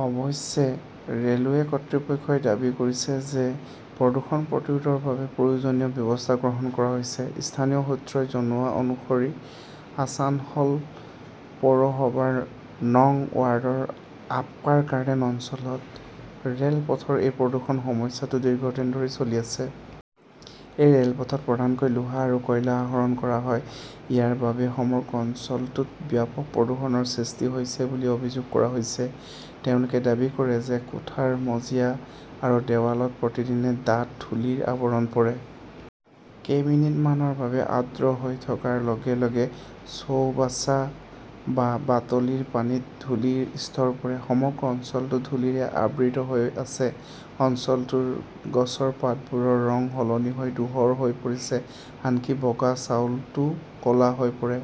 অৱশ্যে, ৰেলৱে কৰ্তৃপক্ষই দাবী কৰিছে যে প্ৰদূষণ প্ৰতিৰোধৰ বাবে প্ৰয়োজনীয় ব্যৱস্থা গ্ৰহণ কৰা হৈছে। স্থানীয় সূত্ৰই জনোৱা অনুসৰি আছানসল পৌৰসভাৰ নং ৱাৰ্ডৰ আপকাৰ গাৰ্ডেন অঞ্চলত ৰেল পথৰ এই প্ৰদূষণ-সমস্যাটো দীৰ্ঘদিন ধৰি চলি আছে। এই ৰেলপথত প্ৰধানকৈ লোহা আৰু কয়লা আহৰণ কৰা হয়। ইয়াৰ বাবেই সমগ্ৰ অঞ্চলটোত ব্যাপক প্ৰদূষণৰ সৃষ্টি হৈছে বুলি অভিযোগ কৰা হৈছে। তেওঁলোকে দাবী কৰে যে কোঠাৰ মজিয়া আৰু দেৱালত প্ৰতিদিনে ডাঠ ধূলিৰ আৱৰণ পৰে। কেইমিনিটমানৰ বাবে আৰ্দ্ৰ হৈ থকাৰ লগে লগে চৌবাচা বা বালতিৰ পানীত ধূলিৰ স্তৰ পৰে। সমগ্ৰ অঞ্চলটো ধূলিৰে আবৃত হৈ আছে। অঞ্চলটোৰ গছৰ পাতবোৰৰ ৰং সলনি হৈ ধূসৰ হৈ পৰিছে। আনকি বগা চাউলটোও ক'লা হৈ পৰে।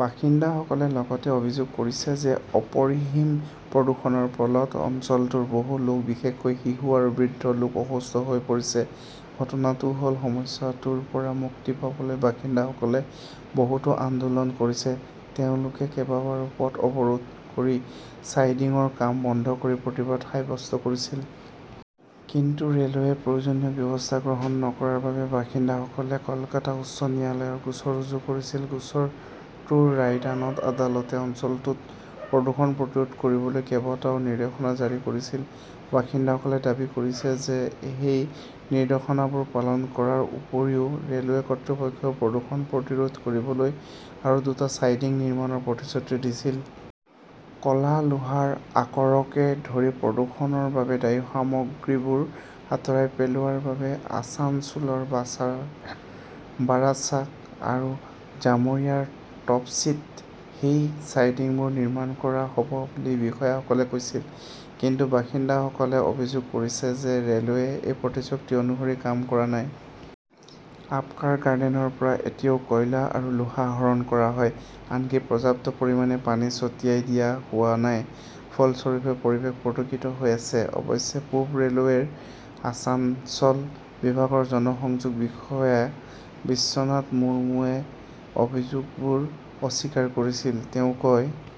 বাসিন্দাসকলে লগতে অভিযোগ কৰিছে যে অপৰিসীম প্ৰদূষণৰ ফলত অঞ্চলটোৰ বহু লোক, বিশেষকৈ শিশু আৰু বৃদ্ধ লোক অসুস্থ হৈ পৰিছে। ঘটনাটো হ'ল, সমস্যাটোৰ পৰা মুক্তি পাবলৈ বাসিন্দাসকলে বহুতো আন্দোলন কৰিছে। তেওঁলোকে কেইবাবাৰো পথ অৱৰোধ কৰি চাইডিংৰ কাম বন্ধ কৰি প্ৰতিবাদ সাব্যস্ত কৰিছিল। কিন্তু ৰেলৱেই প্ৰয়োজনীয় ব্যৱস্থা গ্ৰহণ নকৰাৰ বাবে বাসিন্দাসকলে কলকাতা উচ্চ ন্যায়ালয়ত গোচৰ ৰুজু কৰিছিল। গোচৰটোৰ ৰায়দানত আদালতে অঞ্চলটোত প্ৰদূষণ প্ৰতিৰোধ কৰিবলৈ কেইবাটাও নিৰ্দেশনা জাৰি কৰিছিল। বাসিন্দাসকলে দাবী কৰিছে যে সেই নিৰ্দেশনাবোৰ পালন কৰাৰ উপৰিও ৰেলৱে কৰ্তৃপক্ষই প্ৰদূষণ প্ৰতিৰোধ কৰিবলৈ আৰু দুটা চাইডিং নিৰ্মাণৰ প্ৰতিশ্ৰুতি দিছিল। ক'লা, লোহাৰ আকৰককে ধৰি প্ৰদূষণৰ বাবে দায়ী সামগ্ৰীবোৰ আঁতৰাই পেলোৱাৰ বাবে আসানছোলৰ বাৰাচাক আৰু জামুৰিয়াৰ তপচীত সেই চাইডিংবোৰ নিৰ্মাণ কৰা হ ব বুলি বিষয়াসকলে কৈছিল। কিন্তু বাসিন্দাসকলে অভিযোগ কৰিছে যে ৰেলৱেই সেই প্ৰতিশ্ৰুতি অনুসৰি কাম কৰা নাই। আপকাৰ গাৰ্ডেনৰ পৰা এতিয়াও কয়লা আৰু লোহা আহৰণ কৰা হয়। আনকি পৰ্যাপ্ত পৰিমাণে পানী ছটিয়াই দিয়া হোৱা নাই। ফলস্বৰূপে, পৰিৱেশ প্ৰদূষিত হৈ আছে। অৱশ্যে, পূব ৰেলৱেৰ আছানসল বিভাগৰ জনসংযোগ বিষয়া বিশ্বনাথ মুৰ্মুৱে অভিযোগবোৰ অস্বীকাৰ কৰিছিল। তেওঁ কয়,